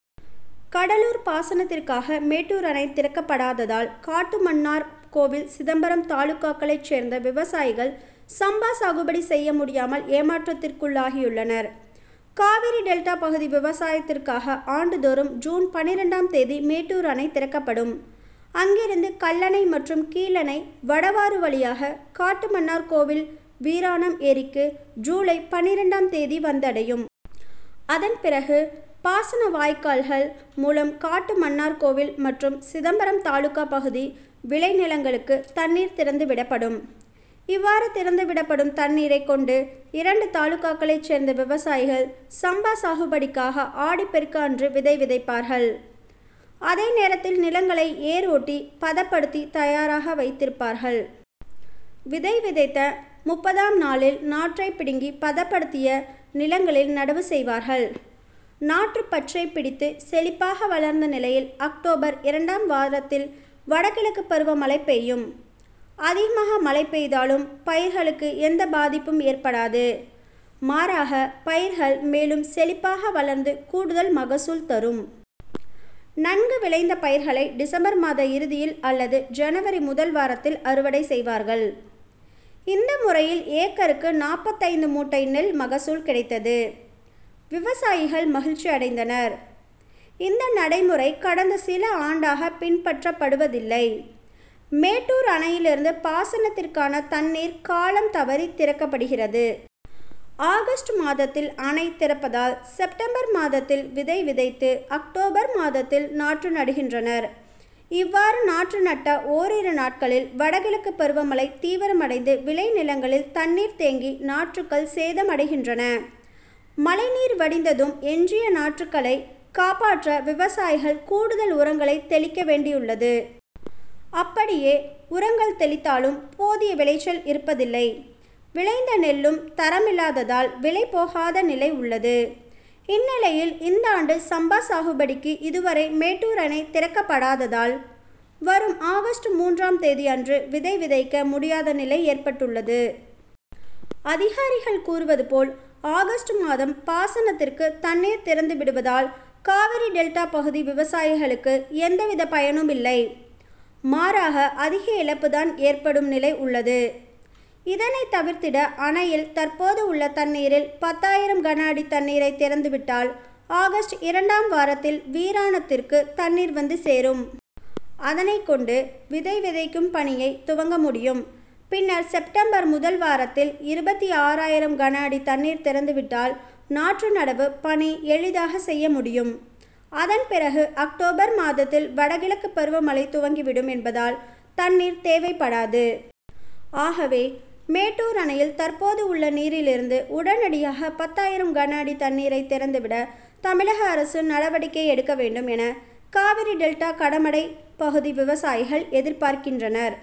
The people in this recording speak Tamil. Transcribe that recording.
கடலூர் பாசனத்திற்காக மேட் டூர் அணை திறக்கப்படாததால் காட்டுமன்னார் கோவில், சிதம்பரம் தாலுகாக்களைச் சேர்ந்த விவசாயிகள் சம்பா சாகுபடி செய்ய முடியாமல் ஏமாற் றத்திற்குள்ளாகியுள்ளனர். காவிரி டெல்டா பகுதி விவசாயத்திற்காக ஆண்டு தோறும் ஜூன் பன்னிரண்டாம் தேதி மேட்டூர் அணை திறக்கப்படும். அங்கிருந்து கல்லணை மற்றும் கீழணை, வடவாறு வழியாக காட்டுமன்னார்கோவில் வீராணம் ஏரிக்கு ஜூலை பன்னிரண்டாம் தேதி வந்தடையும். அதன் பிறகு பாசன வாய்க்கால்கள் மூலம் கட்டுமன்னார்கோவில் மற்றும் சிதம்பரம் தாலுகா பகுதி விளை நிலங்களுக்கு தண்ணீர் திறந்து விடப்படும். இவ்வாறு திறந்து விடப்படும் தண்ணீரைக் கொண்டு இரண்டு தாலுகாக்களைச் சேர்ந்த விவசாயிகள் சம்பா சாகுபடிக்காக ஆடிப் பெருக்கு அன்று விதை விதைப்பார்கள். அதே நேரத்தில் நிலங் களை ஏர் ஓட்டி பதப்படுத்தி தயாராக வைத்திருப் பார்கள். விதை விதைத்த முப்பதாம் நாளில் நாற்றை பிடுங்கி பதப்படுத்திய நிலங்களில் நடவு செய் வார்கள். நாற்று பச்சை பிடித்து செழிப்பாக வளர்ந்த நிலையில் அக்டோபர் இரண் டாம் வாரத்தில் வடகிழக்கு பருவமழை பெய் யும். அதிகமாக மழை பெய்தாலும், பயிர்களுக்கு எந்த பாதிப்பும் ஏற்படாது. மாறாக பயிர்கள் மேலும் செழிப்பாக வளர்ந்து கூடுதல் மகசூல் தரும். நன்கு விளைந்த பயிர்களை டிசம்பர் மாத இறுதியில் அல்லது ஜனவரி முதல் வாரத்தில் அறுவடை செய்வார்கள். இந்த முறையில் ஏக்கருக்கு நாற்பத்தைந்து மூட்டை நெல் மகசூல் கிடைத்தது. விவசாயிகள் மகிழ்ச்சி அடைந்தனர். இந்த நடைமுறை கடந்த சில ஆண்டாக பின்பற்றப்படுவதில்லை. மேட்டூர் அணையிலிருந்து பாசனத்திற்கான தண்ணீர் காலம் தவறி திறக்கப்படுகிறது. ஆகஸ்ட் மாதத்தில் அணை திறப்பதால் செப்டம்பர் மாதத்தில் விதை விதைத்து அக்டோபர் மாதத்தில் நாற்று நடுகின்றனர். இவ்வாறு நாற்று நட்ட ஓரிரு நாட்களில் வடகிழக்கு பருவமழை தீவிரமடைந்து விளை நிலங்களில் தண்ணீர் தேங்கி நாற்றுகள் சேதமடைகின்றன. மழை நீர் வடிந்ததும் எஞ்சிய நாற்றுகளை காப்பாற்ற விவசாயிகள் கூடுதல் உரங்கள் தெளிக்க வேண்டியுள்ளது. அப்படியே உரங் கள் தெளித்தாலும் போதிய விளைச்சல் இருப்பதில்லை. விளைந்த நெல் லும் தரமில்லாததால் விலை போகாத நிலை உள்ளது. இந்நிலையில் இந் தாண்டு சம்பா சாகுபடிக்கு இதுவரை மேட்டூர் அணை திறக்கப்படாததால், வரும் ஆகஸ்ட் மூன்றாம் தேதி அன்று விதை விதைக்க முடியாத நிலை ஏற்பட்டுள்ளது. அதிகாரிகள் கூறுவது போல் ஆகஸ்ட் மாதம் பாசனத்திற்கு தண்ணீர் திறந்து விடுவதால் காவிரி டெல்டா பகுதி விவசாயிகளுக்கு எந்த வித பயனும் இல்லை. மாறாக அதிக இழப்புதான் ஏற்படும் நிலை உள்ளது. இதனை தவிர்த்திட அணையில் தற்போது உள்ள தண்ணீரில் பத்தாயிரம் கனஅடி தண்ணீரை திறந்து விட்டால் ஆகஸ்ட் இரண் டாம் வாரத்தில் வீராணத் திற்கு தண்ணீர் வந்து சேரும். அதனைக் கொண்டு விதை விதைக் கும் பணியை துவங்க முடியும். பின்னர் செப்டம்பர் முதல் வாரத்தில் இருபத்தாறாயிரம் கன அடி தண்ணீர் திறந்து விட்டால் நாற்று நடவு பணி எளிதாக செய்ய முடியும். அதன் பிறகு அக்டோபர் மாதத்தில் வடகிழக்கு பருவமழை துவங்கி விடும் என்பதால் தண்ணீர் தேவைப்படாது. ஆகவே மேட்டூர் அணையில் தற் போது உள்ள நீரில் இருந்து உடனடியாக பத்தாயிரம் கன அடி தண்ணீரை திறந்து விட தமிழக அரசு நடவடிக்கை எடுக்க வேண்டும் என காவிரி டெல்டா கடைமடை பகுதி விவசாயிகள் எதிர்பார்க்கின்றனர்.